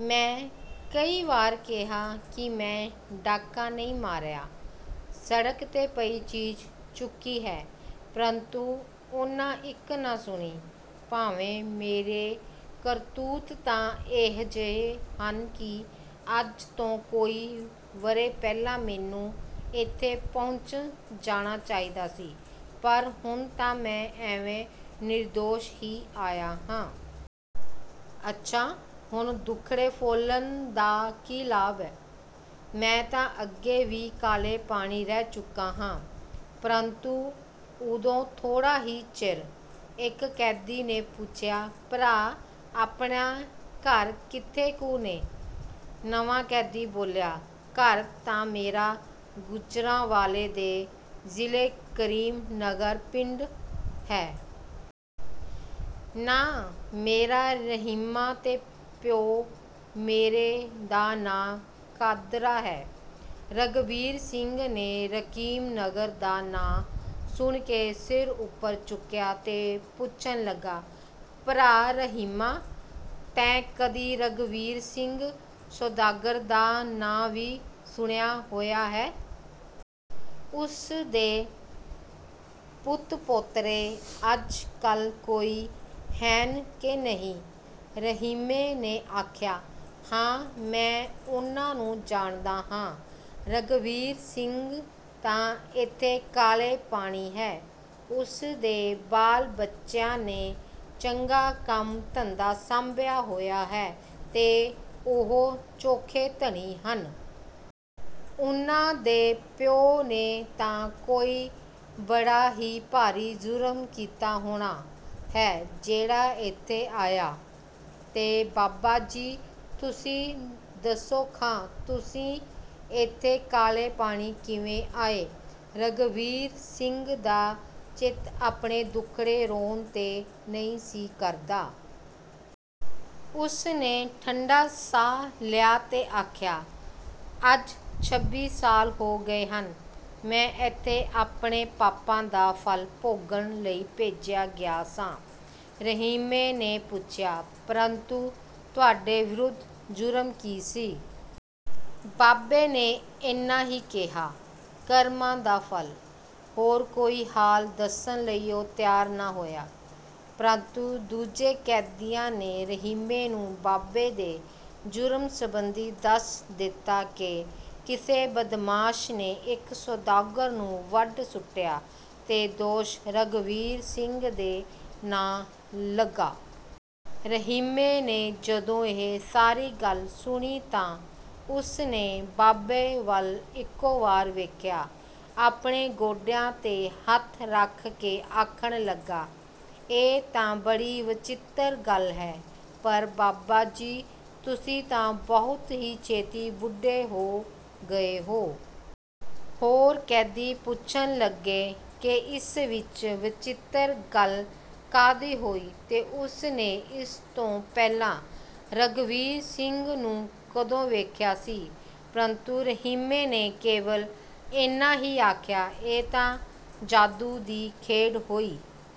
ਮੈਂ ਕਈ ਵਾਰ ਕਿਹਾ ਕਿ ਮੈਂ ਡਾਕਾ ਨਹੀਂ ਮਾਰਿਆ, ਸੜਕ ਤੇ ਪਈ ਚੀਜ਼ ਚੁੱਕੀ ਹੈ, ਪਰੰਤੂ ਉਨ੍ਹਾਂ ਇੱਕ ਨਾ ਸੁਣੀ। ਭਾਵੇਂ ਮੇਰੇ ਕਰਤੂਤ ਤਾਂ ਅਜਿਹੇ ਹਨ ਕਿ ਅੱਜ ਤੋਂ ਕਈ ਵਰ੍ਹੇ ਪਹਿਲਾਂ ਮੈਨੂੰ ਇੱਥੇ ਪਹੁੰਚ ਜਾਣਾ ਚਾਹੀਦਾ ਸੀ, ਪਰ ਹੁਣ ਤਾਂ ਮੈਂ ਐਵੇਂ ਨਿਰਦੋਸ਼ ਹੀ ਆਇਆ ਹਾਂ। ਅੱਛਾ, ਹੁਣ ਦੁੱਖੜੇ ਫੋਲਣ ਦਾ ਕੀ ਲਾਭ? ਮੈਂ ਤਾਂ ਅੱਗੇ ਵੀ ਕਾਲੇ ਪਾਣੀ ਰਹਿ ਚੁੱਕਾ ਹਾਂ, ਪਰੰਤੂ ਉਦੋਂ ਥੋੜਾ ਹੀ ਚਿਰ...। ਇੱਕ ਕੈਦੀ ਨੇ ਪੁੱਛਿਆ, "ਭਰਾ, ਆਪਣੇ ਘਰ ਕਿੱਥੇ ਕੁ ਨੇ?" ਨਵਾਂ ਕੈਦੀ ਬੋਲਿਆ, "ਘਰ ਤਾਂ ਮੇਰਾ ਗੁਜਰਾਂਵਾਲੇ ਦੇ ਜ਼ਿਲ੍ਹੇ ਕਰੀਮ ਨਗਰ ਪਿੰਡ ਹੈ। ਨਾਂ ਮੇਰਾ ਰਹੀਮਾਂ ਤੇ ਪਿਉ ਮੇਰੇ ਦਾ ਨਾਂ ਕਾਦਰਾ ਹੈ।" ਰਘਬੀਰ ਸਿੰਘ ਨੇ ਕਰੀਮ ਨਗਰ ਦਾ ਨਾਂ ਸੁਣ ਕੇ ਸਿਰ ਉੱਪਰ ਚੁੱਕਿਆ ਤੇ ਪੁੱਛਣ ਲੱਗਾ, "ਭਰਾ ਰਹੀਮਾ! ਤੈਂ ਕਦੀ ਰਘਬੀਰ ਸਿੰਘ ਸੌਦਾਗਰ ਦਾ ਨਾਂ ਵੀ ਸੁਣਿਆ ਹੋਇਆ ਹੈ? ਉਸ ਦੇ ਪੁੱਤ-ਪੋਤਰੇ ਅੱਜ ਕੱਲ੍ਹ ਕੋਈ ਹੈਨ ਕਿ ਨਹੀਂ?" ਰਹੀਮੇ ਨੇ ਆਖਿਆ, "ਹਾਂ, ਮੈਂ ਉਨ੍ਹਾਂ ਨੂੰ ਜਾਣਦਾ ਹਾਂ। ਰਘਬੀਰ ਸਿੰਘ ਤਾਂ ਇੱਥੇ ਕਾਲੇ ਪਾਣੀ ਹੈ। ਉਸ ਦੇ ਬਾਲ-ਬੱਚਿਆਂ ਨੇ ਚੰਗਾ ਕੰਮ-ਧੰਧਾ ਸਾਂਭਿਆ ਹੋਇਆ ਹੈ ਤੇ ਉਹ ਚੋਖੇ ਧਨੀ ਹਨ। ਉਨ੍ਹਾਂ ਦੇ ਪਿਉ ਨੇ ਤਾਂ ਕੋਈ ਬੜਾ ਹੀ ਭਾਰੀ ਜੁਰਮ ਕੀਤਾ ਹੋਣਾ ਹੈ, ਜਿਹੜਾ ਇੱਥੇ ਆਇਆ। ਤੇ ਬਾਬਾ ਜੀ! ਤੁਸੀਂ ਦੱਸੋ ਖਾਂ, ਤੁਸੀਂ ਇੱਥੇ ਕਾਲੇ ਪਾਣੀ ਕਿਵੇਂ ਆਏ?" ਰਘਬੀਰ ਸਿੰਘ ਦਾ ਚਿੱਤ ਆਪਣੇ ਦੁੱਖੜੇ ਰੋਣ ਤੇ ਨਹੀਂ ਸੀ ਕਰਦਾ। ਉਸ ਨੇ ਠੰਢਾ ਸਾਹ ਲਿਆ ਤੇ ਆਖਿਆ, "ਅੱਜ ਛੱਬੀ ਸਾਲ ਹੋ ਗਏ ਹਨ। ਮੈਂ ਇੱਥੇ ਆਪਣੇ ਪਾਪਾਂ ਦਾ ਫਲ ਭੋਗਣ ਲਈ ਭੇਜਿਆ ਗਿਆ ਸਾਂ।" ਰਹੀਮੇ ਨੇ ਪੁੱਛਿਆ, "ਪਰੰਤੂ ਤੁਹਾਡੇ ਵਿਰੁੱਧ ਜੁਰਮ ਕੀ ਸੀ?" ਬਾਬੇ ਨੇ ਇੰਨਾ ਹੀ ਕਿਹਾ, "ਕਰਮਾਂ ਦਾ ਫਲ।" ਹੋਰ ਕੋਈ ਹਾਲ ਦੱਸਣ ਲਈ ਉਹ ਤਿਆਰ ਨਾ ਹੋਇਆ। ਪਰੰਤੂ ਦੂਜੇ ਕੈਦੀਆਂ ਨੇ ਰਹੀਮੇ ਨੂੰ ਬਾਬੇ ਦੇ ਜੁਰਮ ਸਬੰਧੀ ਦੱਸ ਦਿੱਤਾ ਕਿ ਕਿਸੇ ਬਦਮਾਸ਼ ਨੇ ਇੱਕ ਸੌਦਾਗਰ ਨੂੰ ਵੱਢ ਸੁੱਟਿਆ ਤੇ ਦੋਸ਼ ਰਘਬੀਰ ਸਿੰਘ ਦੇ ਨਾਂ ਲੱਗਾ। ਰਹੀਮੇ ਨੇ ਜਦੋਂ ਇਹ ਸਾਰੀ ਗੱਲ ਸੁਣੀ ਤਾਂ ਉਸ ਨੇ ਬਾਬੇ ਵੱਲ ਇਕੋ ਵਾਰ ਵੇਖਿਆ। ਆਪਣੇ ਗੋਡਿਆਂ ਤੇ ਹੱਥ ਰੱਖ ਕੇ ਆਖਣ ਲੱਗਾ, "ਇਹ ਤਾਂ ਬੜੀ ਵਿਚਿੱਤਰ ਗੱਲ ਹੈ। ਪਰ ਬਾਬਾ ਜੀ! ਤੁਸੀਂ ਤਾਂ ਬਹੁਤ ਹੀ ਛੇਤੀ ਬੁੱਢੇ ਹੋ ਗਏ ਹੋ?" ਹੋਰ ਕੈਦੀ ਪੁੱਛਣ ਲੱਗੇ ਕਿ ਇਸ ਵਿਚ ਵਿਚਿੱਤਰ ਗੱਲ ਕਾਹਦੀ ਹੋਈ ਤੇ ਉਸ ਨੇ ਇਸ ਤੋਂ ਪਹਿਲਾਂ ਰਘਬੀਰ ਸਿੰਘ ਨੂੰ ਕਦੋਂ ਵੇਖਿਆ ਸੀ, ਪਰੰਤੂ ਰਹੀਮੇ ਨੇ ਕੇਵਲ ਇੰਨਾ ਹੀ ਆਖਿਆ, "ਇਹ ਤਾਂ ਜਾਦੂ ਦੀ ਖੇਡ ਹੋਈ।